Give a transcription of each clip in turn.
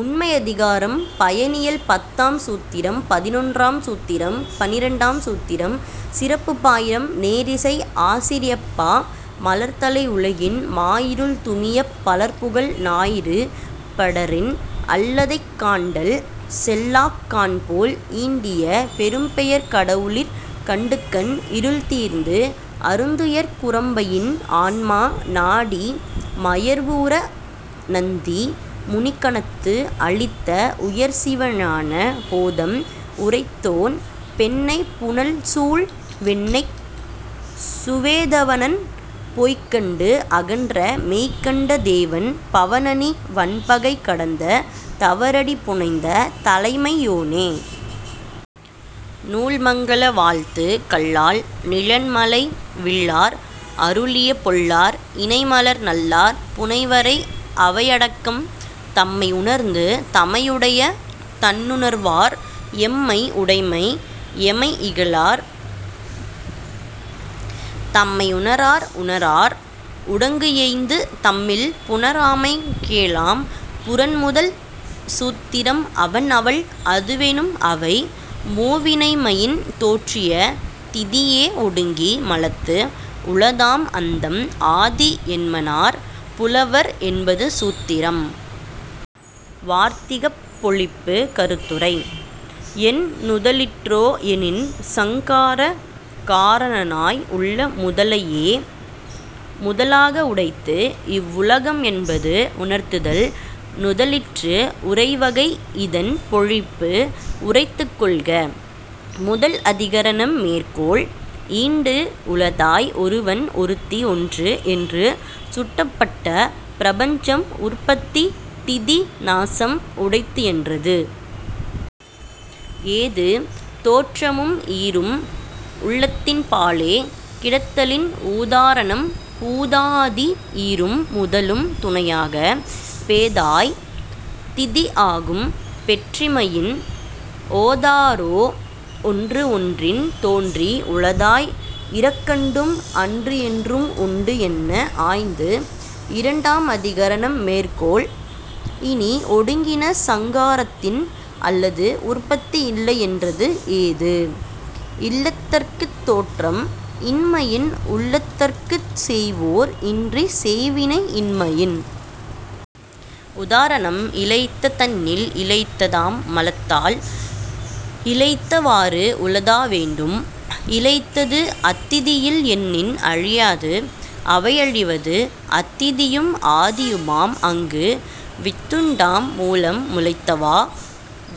உண்மை அதிகாரம்: பயனியல் பத்தாம் சூத்திரம் பதினொறாம் சூத்திரம் பனிரண்டாம் சூத்திரம். சிறப்புப் பாயிரம் நேரிசை ஆசிரியப்பா மலர்தலை உலகின் மாயிருள் துமியப் பலர்புகழ் ஞாயிறு படரின் அல்லதைக் காண்டல் செல்லாக் கண்போல் ஈண்டிய பெரும்பெயர்க் கடவுளிற் கண்டுகண் இருள்தீர்ந்து அருந்துயர்க் குரம்பையின் ஆன்மா நாடி மயர்வுஅற நந்தி முனிகணத்து அளித்த உயர்சிவ ஞான போதம் உரைத்தோன் பெண்ணைப் புனல்சூழ் வெண்ணெய்ச் சுவேதவனன் பொய்கண்டு அகன்ற மெய்கண்ட தேவன் பவநனி வன்பகை கடந்த தவரடி புனைந்த தலைமை யோனே. நூல் மங்கல வாழ்த்து கல்லால் நிழன்மலை வில்லார் அருளிய பொல்லார் இணைமலர் நல்லார் புணைவரே அவையடக்கம் தம்மை உணர்ந்து தமையுடைய தன்னுணர்வார் எம்மை உடைமை எமை இகழார்--- தம்மை உணரார் உணரார் உடங்குஇயைந்து தம்மில் புணராமை கேளாம் புறன் முதல் சூத்திரம் அவன் அவள் அதுவெனும் அவை மூவினைமையின் தோற்றிய திதியே ஒடுங்கி மலத்து உளதாம் அந்தம் ஆதி என்மனார் புலவர் என்பது சூத்திரம். வார்த்திகப் பொழிப்பு கருத்துரை: என் நுதலிற்றோ எனின், சங்கார காரணனாய் உள்ள முதலையே முதலாக உடைத்து இவ்வுலகம்என்பது உணர்த்துதல் நுதலிற்று. உரைவகை: இதன் பொழிப்பு உரைத்துக் கொள்க.. முதல் அதிகரணம் மேற்கோள்: ஈண்டு, உளதாய் ஒருவன் ஒருத்தி ஒன்று என்று சுட்டப்பட்ட பிரபஞ்சம் உற்பத்தி திதி நாசம் உடைத்துஎன்றது. ஏது: தோற்றமும் ஈறும் உள்ளதின்பாலே கிடத்தலின் உதாரணம்: பூதாதி ஈறும் முதலும் துணையாக பேதாய்! திதி ஆகும் பெற்றிமையின்- ஓதாரோ ஒன்று ஒன்றின் தோன்றி உளதாய் இறக்கண்டும் அன்றுஎன்றும் உண்டு என்ன ஆய்ந்து.. இரண்டாம் அதிகரணம் மேற்கோள்: இனி, ஒடுங்கின சங்காரத்தின் அல்லது உற்பத்தி இல்லை என்றது ஏது: இல்லதற்குத் தோற்றம் இன்மையின், உள்ளதற்குச் செய்வோர் இன்றிச் செய்வினை இன்மையின். உதாரணம். இலயித்த தன்னில் இலயித்ததாம் மலத்தால் இலயித்தவாறு உளதா வேண்டும்_ இலயித்தது அத்திதியில் என்னின் அழியாது அவையழிவது அத்திதியும் ஆதியுமாம் அங்கு. வித்துண்டாம் மூலம் முளைத்தவா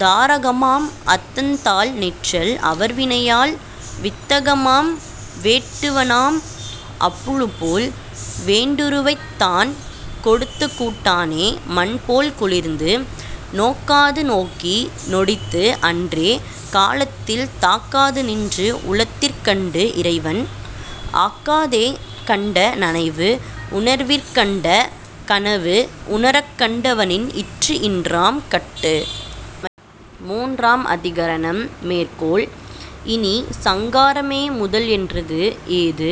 தாரகமாம் அத்தன்தாள் நிற்றல் அவர்வினையால்- வித்தகமாம் வேட்டுவனாம் அப்புழுபோல் வேண்டுருவைத் தான் கொடுத்துக் கூட்டானே மண்போல் குளிர்ந்து. நோக்காது நோக்கி நொடித்து அன்றே காலத்தில் தாக்காது நின்று உளத்திற் கண்டு இறைவன் -- ஆக்காதே கண்ட நனவு உணர்விற் கண்ட கனவு உணரக் கண்டவனின் இற்று இன்றாம் கட்டு.. மூன்றாம் அதிகரணம் மேற்கோள்: இனி, சங்காரமே முதல் என்றது. ஏது: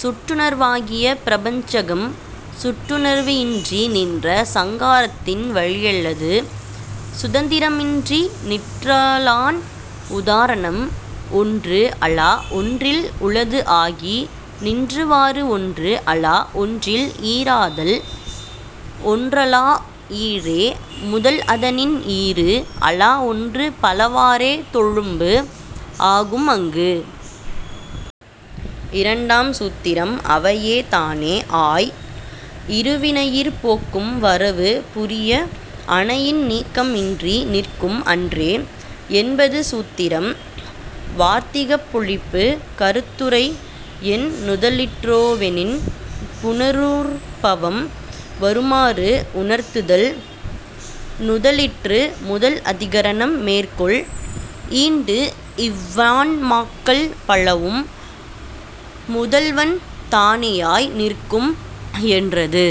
சுட்டுணர்வாகிய பிரபஞ்சம் சுட்டுணர்வு இன்றி நின்ற சங்காரத்தின் வழியல்லது சுதந்திரமின்றிநிற்றலான். உதாரணம்: ஒன்று அலா ஒன்றில் உளது ஆகி நின்றவாறு ஒன்று அலா ஒன்றில் ஈறாதல் _-- ஒன்றலா ஈறே முதல் அதனின் ஈறு அலா ஒன்று பல வாறே தொழும்பு ஆகும் அங்கு. இரண்டாம் சூத்திரம் அவையே தானே ஆய், இரு வினையிற் போக்கு வரவு புரிய ஆணையின் நீக்கம் இன்றி நிற்கும் அன்றே என்பது சூத்திரம். வார்த்திகப் பொழிப்பு கருத்துரை: என் நுதலிற்றோவெனின், புனருற்பவம் வருமாறு உணர்த்துதல் நுதலிற்று.. முதல் அதிகரணம் மேற்கோள்: ஈண்டு, இவ்வான்மாக்கள் பலவும் முதல்வன் தானேயாய் நிற்கும் என்றது.